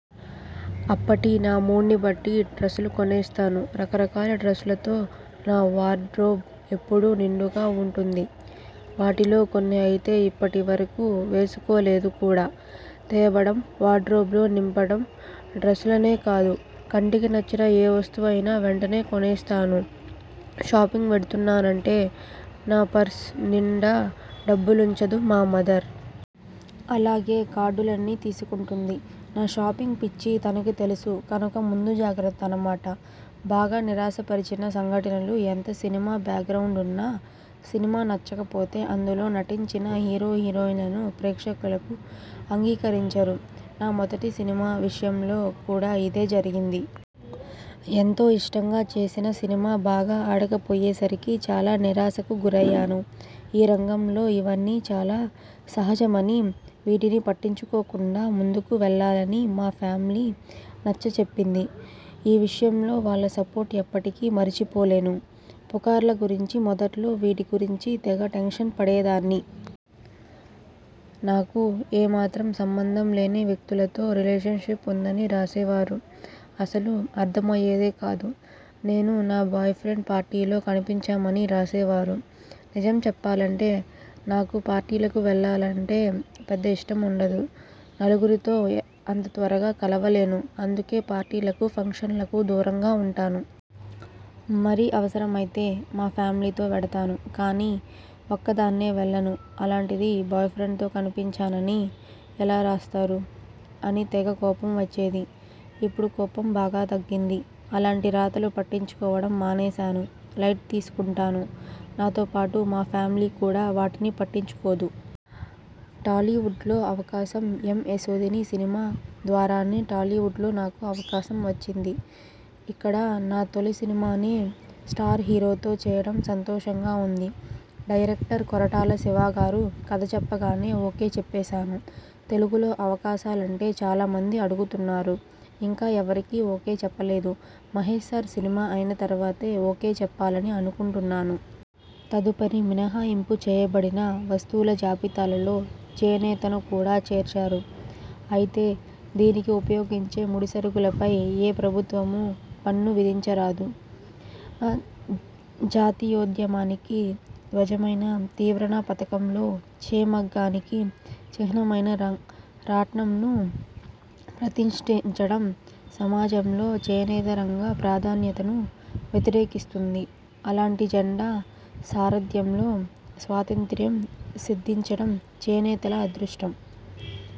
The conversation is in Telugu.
అప్పటి నా మూడ్ని బట్టి డ్రస్సులు కొనేస్తాను. రకరకాల డ్రస్సులతో నా వార్డ్రోబ్ ఎప్పుడూ నిండుగా ఉంటుంది. వాటిల్లో కొన్ని అయితే ఇప్పటి వరకూ వేసుకోలేదు కూడా! తేవడం వార్డ్రోబ్లో నింపడం! డ్రస్సులనే కాదు. కంటికి నచ్చిన ఏ వస్తువు అయినా వెంటనే కొనేస్తాను. షాపింగ్కి వెడుతున్నానంటే నా పర్స్ నిండా డబ్బులుంచదు మా మదర్. అలాగే కార్డులన్నీ తీసేసుకుంటుంది. నా షాపింగ్ పిచ్చి తనకు తెలుసు కనుక ముందు జాగ్రత్త అన్నమాట! బాగా నిరాశపరిచిన సంఘటనలు ఎంత సినీ బ్యాక్గ్రౌండ్ ఉన్నా సినిమా నచ్చకపోతే అందులో నటించిన హీరో హీరోయిన్లను ప్రేక్షకులు అంగీకరించరు. నా మొదటి సినిమా విషయంలో కూడా ఇదే జరిగింది. ఎంతో ఇష్టంగా చేసిన సినిమా బాగా ఆడకపోయే సరికి చాలా నిరాశకు గురయ్యాను. ఈ రంగంలో ఇవన్నీ చాలా సహజమనీ, వీటిని పట్టించుకోకుండా ముందుకు వెళ్ళాలనీ మా ఫ్యామిలీ నచ్చచెప్పింది. ఈ విషయంలో వాళ్ళ సపోర్ట్ ఎప్పటికీ మరిచిపోలేను. పుకార్ల గురించి మొదట్లో వీటి గురించి తెగ టెన్షన్ పడేదాన్ని. నాకు ఏమాత్రం సంబంధం లేని వ్యక్తులతో రిలేషన్షిప్ ఉందని రాసేవారు. అస్సలు అర్థమయ్యేది కాదు. నేను నా బాయ్ ఫ్రెండ్తో పార్టీలో కనిపించానని రాసేవారు. నిజం చెప్పాలంటే నాకు పార్టీలకు వెళ్ళాలంటే పెద్దగా ఇష్టం ఉండదు. నలుగురితో అంత త్వరగా కలవలేను. అందుకే పార్టీలకూ, ఫంక్షన్లకూ దూరంగా ఉంటాను. మరీ అవసరమైతే మా ఫ్యామిలీతో వెడతాను కానీ, ఒక్కదాన్ని వెళ్ళను. అలాంటిది బాయ్ ఫ్రెండ్తో కనిపించానని ఎలా రాస్తారు అని తెగ కోపం వచ్చేది. ఇప్పుడు కోపం బాగా తగ్గింది. అలాంటి రాతలు పట్టించుకోవడం మానేశాను. లైట్ తీసుకుంటాను. నాతో పాటు మా ఫ్యామిలీ కూడా వాటిని పట్టించుకోదు. టాలీవుడ్లో అవకాశం 'ఎంఎస్ధోని' సినిమా ద్వారానే టాలీవుడ్లో నాకు అవకాశం వచ్చింది. ఇక్కడ నా తొలి సినిమానే స్టార్ హీరోతో చేయడం సంతోషంగా ఉంది. డైరెక్టర్ కొరటాల శివగారు కథ చెప్పగానే ఓకే చెప్పేశాను. తెలుగులో అవకాశాలంటేచాలామంది అడుగుతున్నారు. ఇంకా ఎవరికీ ఓకే చెప్పలేదు. మహేష్సార్ సినిమా అయిన తరువాత ఓకే చెప్పాలని అనుకుంటున్నాను. తదుపరి మినహాయింపు చేయబడిన వస్తువుల జాబితాలో చేనేతను కూడా చేర్చారు. అయితే దీనికి ఉపయోగించే ముడిసరుకులపై ఏ ప్రభుత్వమూ పన్ను విధించరాదు. జాతీయోద్యమానికి ధ్వజమైన త్రివర్ణ పతాకంలో చే మగ్గానికి చిహ్నమైన రాట్నం ను ప్రతిష్టించడం సమాజంలో చేనేత రంగం ప్రాధాన్యతను వ్యక్తీకరిస్తుంది. అలాంటి జెండా సారధ్యంలో స్వాతంత్ర్యం సిద్ధించడం చేనేతల అదృష్టం.